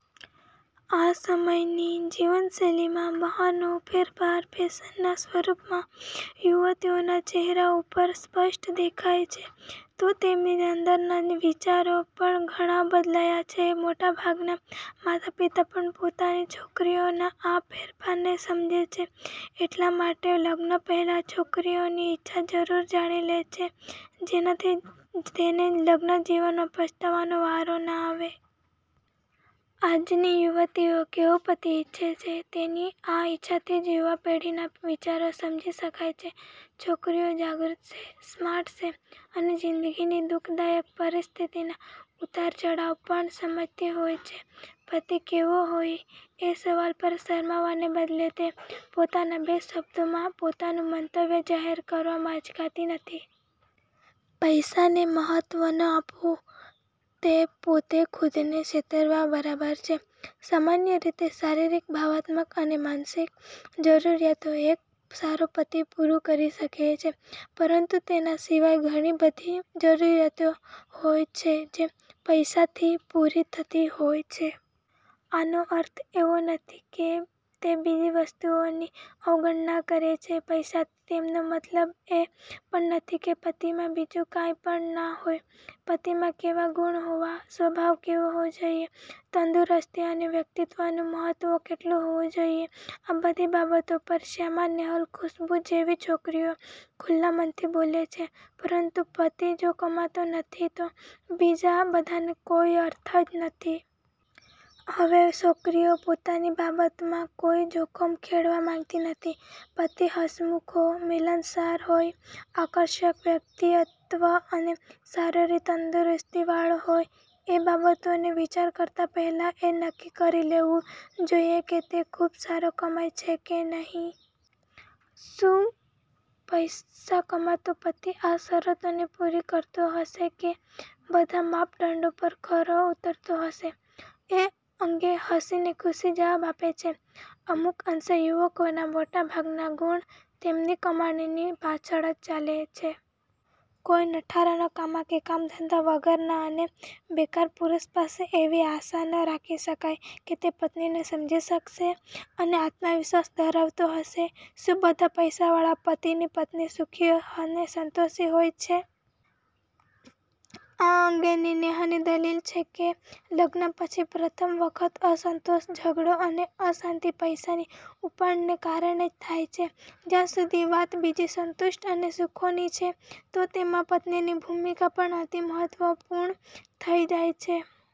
આ સમયની જીવનશૈલીમાં બહારનો ફેરફાર ફેશનના સ્વરૂપમાં યુવતીઓના ચહેરા ઉપર સ્પષ્ટ દેખાય છે તો તેમની અંદરના વિચારો પણ ઘણા બદલાયા છે. મોટાભાગનાં માતાપિતા પણ પોતાની છોકરીઓના આ ફેરફારને સમજે છે એટલા માટે લગ્ન પહેલાં છોકરીની ઈચ્છા જરૂર જાણી લે છે, જેનાથી તેને લગ્નજીવનમાં પસ્તાવાનો વારો ના આવે. આજની યુવતીઓ કેવો પતિ ઇચ્છે છે, તેની આ ઇચ્છાથી જ યુવા પેઢીના વિચારો સમજી શકાય છે. છોકરીઓ જાગૃત છે, સ્માર્ટ છે અને જિંદગીની દુ:ખદાયક પરિસ્થિતિના ઉતારચઢાવ પણ સમજતી હોય છે. પતિ કેવો હોય, એ સવાલ પર શરમાવાને બદલે તે પોતાના બે શબ્દોમાં પોતાનું મંતવ્ય જાહેર કરવામાં અચકાતી નથી. પૈસાને મહત્ત્વ ન આપવું તે પોતે ખુદને છેતરવા બરાબર છે. સામાન્ય રીતે શારીરિક, ભાવનાત્મક અને માનસિક જરૂરિયાતો એક સારો પતિ પૂરી કરી શકે છે, પરંતુ તેના સિવાય પણ ઘણીબધી જરૂરિયાતો હોય છે જે પૈસાથી પૂરી થતી હોય છે. આનો અર્થ એવો નથી કે તે બીજી વસ્તુઓની અવગણના કરે છે. પૈસાથી તેમનો મતલબ એ પણ નથી કે પતિમાં બીજું કાંઈ પણ ના હોય. પતિમાં કેવા ગુણ હોવા, સ્વભાવ કેવો હોવો જોઈએ, તંદુરસ્તી અને વ્યક્તિત્ત્વનું મહત્ત્વ કેટલું હોવું જોઈએ, આ બધી બાબતો પર શ્યામા, નેહલ, ખુશબૂ જેવી છોકરીઓ ખુલ્લા મનથી બોલે છે, પરંતુ પતિ જો કમાતો નથી તો બીજા બધાનો કોઈ અર્થ જ નથી. હવે છોકરીઓ પૈસાની બાબતમાં કોઈ જોખમ ખેડવા માંગતી નથી. પતિ હસમુખો, મિલનસાર હોય, આર્કષક વ્યક્તિત્વ અને સારી તંદુરસ્તીવાળો હોય, એ બાબતોનો વિચાર કરતાં પહેલાં એ નક્કી કરી લેવું જોઈએ કે તે ખૂબ સારું કમાય છે કે નહીં. શું પૈસા કમાતો પતિ આ શરતોને પૂરી કરતો હશે કે બધા માપદંડો પર ખરો ઊતરતો હશે? એ અંગે હસીને ખુશી જવાબ આપે છે, "અમુક અંશે યુવકોના મોટાભાગના ગુણ તેમની કમાણીની પાછળ જ ચાલે છે. કોઈ નઠારાનકામા કે કામધંધા વગરના અને બેકાર પુરુષ પાસે એવી આશા ન રાખી શકાય કે તે પત્નીને સમજી શકશે અને આત્મવિશ્વાસ ધરાવતો હશે. " શું બધા પૈસાવાળા પતિની પત્નીઓ સુખી અને સંતોષી હોય છે? એ અંગે નેહાની દલીલ છે કે લગ્ન પછી પ્રથમ વખત અસંતોષ, ઝઘડો અને અશાંતિ પૈસાની ઊણપને કારણે જ થાય છે. જ્યાં સુધી વાત બીજી સંતુષ્ટિ અને સુખોની છે, તો તેમાં પત્નીની ભૂમિકા પણ અતિ મહત્ત્વપૂર્ણ થઈ જાય છે.